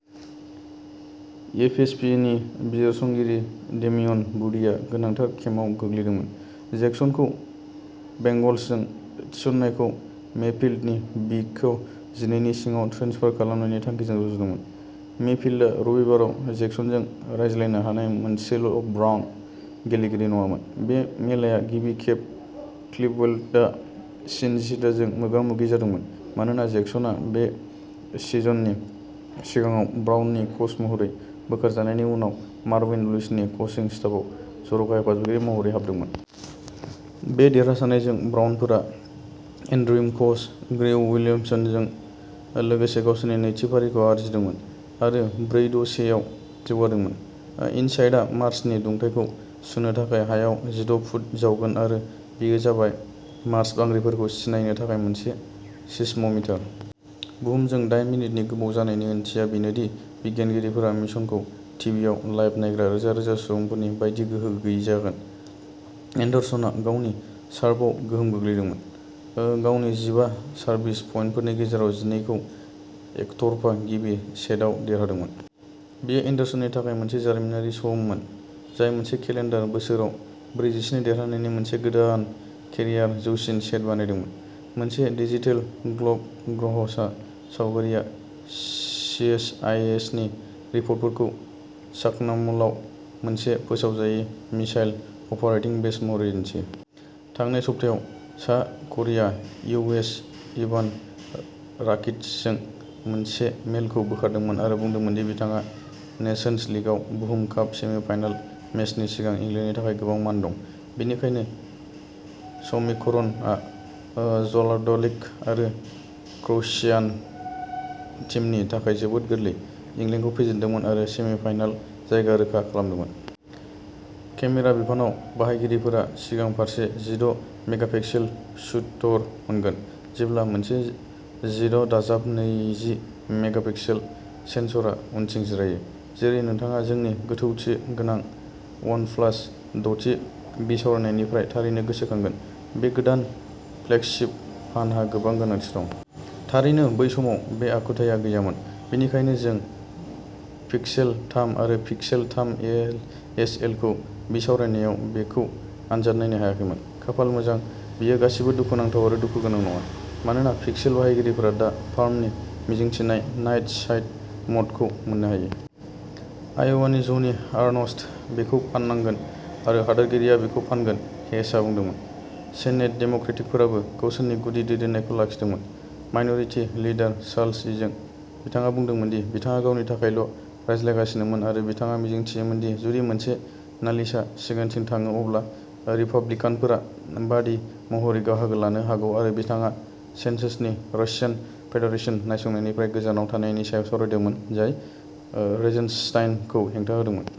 इएसपीएननि बिजिरसंगिरि डेमियन वुडीआ गोनांथार केम्पआव गोग्लैदोंमोन, जेक्सनखौ बेंगल्सजों थिसननायखौ मेफील्डनि बिग जिनैनि सिङाव ट्रेन्सफार खालामनायनि थांखिजों रुजुदोंमोन। मेफील्डआ रबिबाराव जेक्सनजों रायज्लायनो हानाय मोनसेल'ब्राउन गेलेगिरि नङामोन। बे मेलाया गिबि खेब क्लिभलेन्डआ सिनसिनाटीजों मोगा-मोगि जादोंमोन, मानोना जेक्सनआ बे सिजननि सिगाङाव ब्राउननि कच महरै बोखारजानायनि उनाव मार्विन लुइसनि कोचिं स्टाफआव जर'खा हेफाजाबगिरि महरै हाबदोंमोन। बे देरहासारनायजों, ब्राउनफोरा इन्टरिम कच ग्रेग विलियम्सजों लोगोसे गावसोरनि नैथि फारिखौ आरजिदोंमोन आरो ब्रै-द-से आव जौगादोंमोन। इनसाइटआ मार्सनि दुंथायखौ सुनो थाखाय हायाव जिद' फुट जावगोन आरो बेयो जाबाय। मार्स बांग्रिफोरखौ सिनायनो थाखाय मोनसे सिसम'मिटार। बुहुमजों दाइन मिनिटनि गोबाव जानायनि ओंथिया बेनो दि बिगियानगिरिफोरा मिशनखौ टिभियाव लाइभ नायग्रा रोजा रोजा सुबुंफोरनि बायदि गोहो गैयै जागोन। एन्डारसनआ गावनि सार्भआव गोहोम खोख्लैदोंमोन, गावनि जिबा सार्भिस पइन्टफोरनि गेजेराव जिनैखौ एकतरफा गिबि सेटआव देरहादोंमोन। बेयो एन्डारसननि थाखाय मोनसे जारिमिनारि सममोन, जाय मोनसे केलेन्डार बोसोराव ब्रैजिस्नि देरहानायनि मोनसे गोदान केरियार जौसिन सेट बानायदोंमोन। मोनसे डिजिटेल ग्ल'ब ग्रहसा सावगारिआ सिएसआइएसनि रिपर्टफोरखौ साक्कानम'लआव मोनसे फोसावजायै मिसाइल अपारेटिं बेस महरै दिन्थियो। थांनाय सप्तायाव, सा करियाया इउ. एस. इभान राकिटिचजों मोनसे मेलखौ बोखारदोंमोन आरो बुंदोंमोन दि बिथाङा नेशन्स लीगाव बुहुम काप सेमि-फाइनाल मेचनि सिगां इंलेन्डनि थाखाय गोबां मान दं। बेनिखायनो समीकरणआ ओ ज्लाटक'डालिक आरो क्र'एशियान टीमनि थाखाय जोबोद गोरलै, इंलेन्डखौ फेजेनदोंमोन आरो सेमि-फाइनाल जायगा रोखा जादोंमोन। केमेरा बिफानाव, बाहायगिरिफोरा सिगां फारसे जिद' मेगापिक्सेल शूटर मोनगोन। जेब्ला मोनसे जिद दाजाब नैजि मेग'पिक्सेल सेनसरा उनथिं जिरायो। जेरै नोंथाङा जोंनि गोथौथि गोनां वनप्लास दथि बिसावरायनायनिफ्राय थारैनो गोसोखांगोन, बे गोदान फ्लेगशिप फनहा गोबां गोनांथि दं। थारैनो बै समाव, बे आखुथाया गैयामोन बेनिखायनो जों पिक्सेल थाम आरो पिक्सेल थाम एस एलखौ बिसावरायनायाव बेखौ आनजाद नायनो हायाखैमोन। खाफाल मोजां, बेयो गासिबो दुखुनांथाव आरो दुखुगोनां नङा, मानोना पिक्सेल बाहायगिरिफोरा दा फार्मनि मिजिंथिनाय नाइट साइट म'डखौ मोननो हायो। आय'वानि ज'नि आर्नस्ट। बेखौ फाननांगोन, आरो हादोरगिरिया बेखौ फानगोन, हेचआ बुंदोंमोन। सेनेट डेम'क्रेटफोराबो गावसोरनि गुदि दैदेननायखौ लाखिदोंमोन, माइन'रिटि लिडार चार्ल्स इजों। बिथाङा बुंदोंमोन दि बिथाङा गावनि थाखायल' रायज्लायगासिनोमोन आरो बिथाङा मिजिंथियोमोन दि जुदि मोनसे नालिसआ सिगांथिं थाङो अब्ला रिपाब्लिकानफोरा बादी महरै बाहागो लानो हागौ आरो बिथाङा सेसन्सनि रासियान फेडारेशन नायसंनायनिफ्राय गोजानाव थानायनि सायाव सावरायदोंमोन, जाय ओ र'जेनस्टाइनखौ हेंथा होदोंमोन।